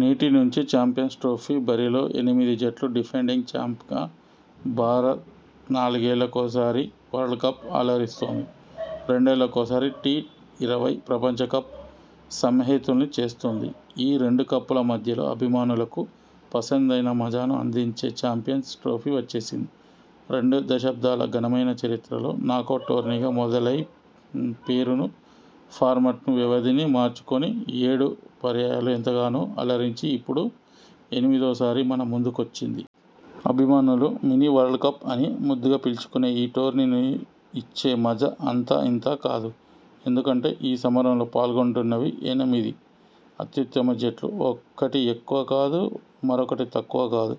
నేటి నుంచే champions trophy బరిలో ఎనిమిది జట్లు డిఫెండింగ్ చాంప్గా భారత్నాలుగేళ్లకోసారి వరల్డ్ కప్ అలరిస్తోంది! రెండేళ్లకోసారి టీ-ఇరవై ప్రపంచకప్ సమ్మోహితుల్ని చేస్తోంది! ఈ రెండు కప్పుల మధ్యలో అభిమానులకు పసందైన మజాను అందించే చాంపియన్స్ ట్రోఫీ వచ్చేసింది! రెండు దశాబ్దాల ఘనమైన చరిత్రలో నాకౌట్ టోర్నీగా మొదలై పేరును ఫార్మాట్ను వ్యవధిని మార్చుకొని ఏడు పర్యాయాలు ఎంతగానో అలరించి ఇప్పుడు ఎనిమిదో సారి మన ముందుకొచ్చింది! అభిమానులు 'మినీ వరల్డ్ కప్' అని ముద్దుగా పిలుచుకునే ఈ టోర్నీని ఇచ్చే మజా అంతా ఇంతా కాదు! ఎందుకంటే ఈ సమరంలో పాల్గొంటున్నవి ఎనిమిది అత్యుత్తమ జట్లు! ఒకటి ఎక్కువా కాదు మరొకటి తక్కువా కాదు!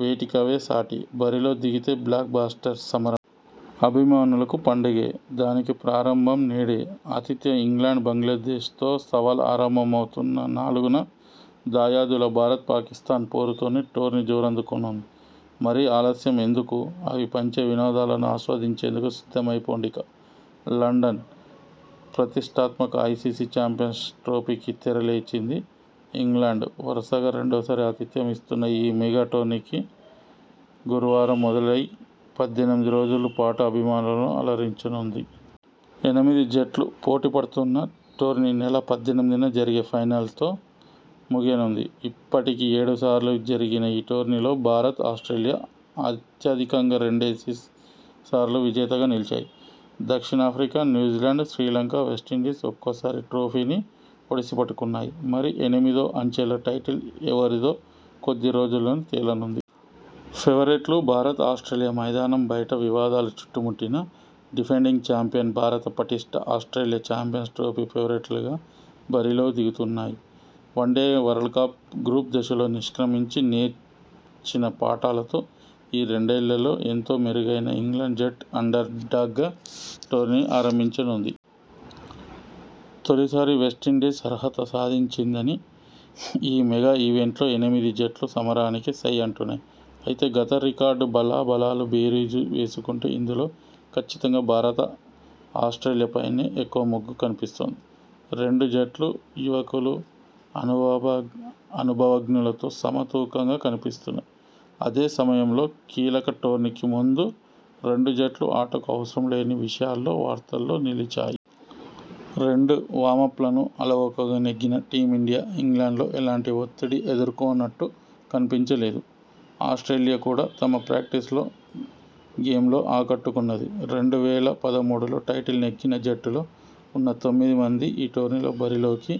వేటికవేసాటి! బరిలోకి దిగితే బ్లాక్ బస్టర్ సమర అభిమానులకు పండగే! దానికి ప్రారంభం నేడే! ఆతిథ్య ఇంగ్లండ్-బంగ్లాదేశ్తో సవాల్ ఆరంభమవుతున్నా నాలుగున దాయాదులు భారత్- పాకిస్థాన్ పోరుతోనే టోర్నీ జోరందుకోనుంది! మరి ఆలస్యం ఎందుకు అవి పంచే వినోదాలను ఆస్వాదించేందుకు సిద్ధమైపోండిక! లండన్ ప్రతిష్ఠాత్మక ఐసీసీ చాంపియన్స్ ట్రోఫీకి తెరలేచింది. ఇంగ్లండ్ వరుసగా రెండోసారి ఆతిథ్యం ఇస్తున్న ఈ మెగా టోర్నీకి గురువారం మొదలై పద్దెనిమిది రోజుల పాటు అభిమానులను అలరించనుంది. ఎనిమిది జట్లు పోటీ పడుతున్న టోర్నీ నెల పద్దెనిమిదిన జరిగే ఫైనల్తో ముగియనుంది. ఇప్పటికి ఏడు సార్లు జరిగిన ఈ టోర్నీలో భారత్, ఆస్ట్రేలియా అత్యధికంగా రెండేసి సార్లు విజేతగా నిలిచాయి. దక్షిణాఫ్రికా, న్యూజిలాండ్, శ్రీలంక, వెస్టిండీస్ ఒక్కోసారి ట్రోఫీని ఒడిసిపట్టుకున్నాయి. మరి ఎనిమిదో అంచెలో టైటిల్ ఎవరిదో కొద్ది రోజుల్లోనే తేలనుంది. ఫేవరెట్లు భారత్, ఆస్ట్రేలియా మైదానం బయట వివాదాలు చుట్టుముట్టినా డిఫెండింగ్ చాంపియన్ భారత, పటిష్ఠ ఆస్ట్రేలియా చాంపియన్ ట్రోఫీ ఫేవరెట్లుగా బరిలోకి దిగుతున్నాయి. వన్డే వరల్డ్ కప్ గ్రూప్ దశలో నిష్క్రమించి నేర్చిన పాఠాలతో ఈ రెండేళ్లలో ఎంతో మెరైగన ఇంగ్లండ్ జట్టు అండర్ డాగ్గా టోర్నీని ఆరంభించనుంది. తొలిసారి వెస్టిండీస్ అర్హత సాధించిందని ఈ మెగా ఈవెంట్లో ఎనిమిది జట్లు సమరానికి సై అంటున్నాయి. అయితే, గత రికార్డు, బలాబలాలు బేరీజు వేసుకుంటే ఇందులో కచ్చితంగా భారత, ఆస్ట్రేలియాలపైనే ఎక్కువ మొగ్గు కనిపిస్తోంది. రెండు జట్లూ యువకులు, అనుభవ అనుభవజ్ఞులతో సమతూకంగా కనిపిస్తున్నాయి. అదే సమయంలో కీలక టోర్నీకి ముందు రెండు జట్లూ ఆటకు అవసరం లేని విషయాల్లో వార్తల్లో నిలిచాయి. రెండు వామ్పలను అలవోకగా నెగ్గిన టీమిండియా ఇంగ్లండ్లో ఎలాంటి ఒత్తిడి ఎదుర్కొన్నట్టు కనిపించలేదు. ఆస్ట్రేలియా కూడా తమ ప్రాక్టీస్లో గేమ్ల్లో ఆకట్టుకున్నది. రెండు వేల పదమూడులో టైటిల్ నెగ్గిన జట్టులో ఉన్న తొమ్మిది మంది ఈ టోర్నీలో బరిలోకి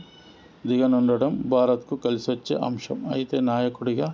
దిగనుండడం భారత్కు కలిసొచ్చే అంశం. అయితే, నాయకుడిగా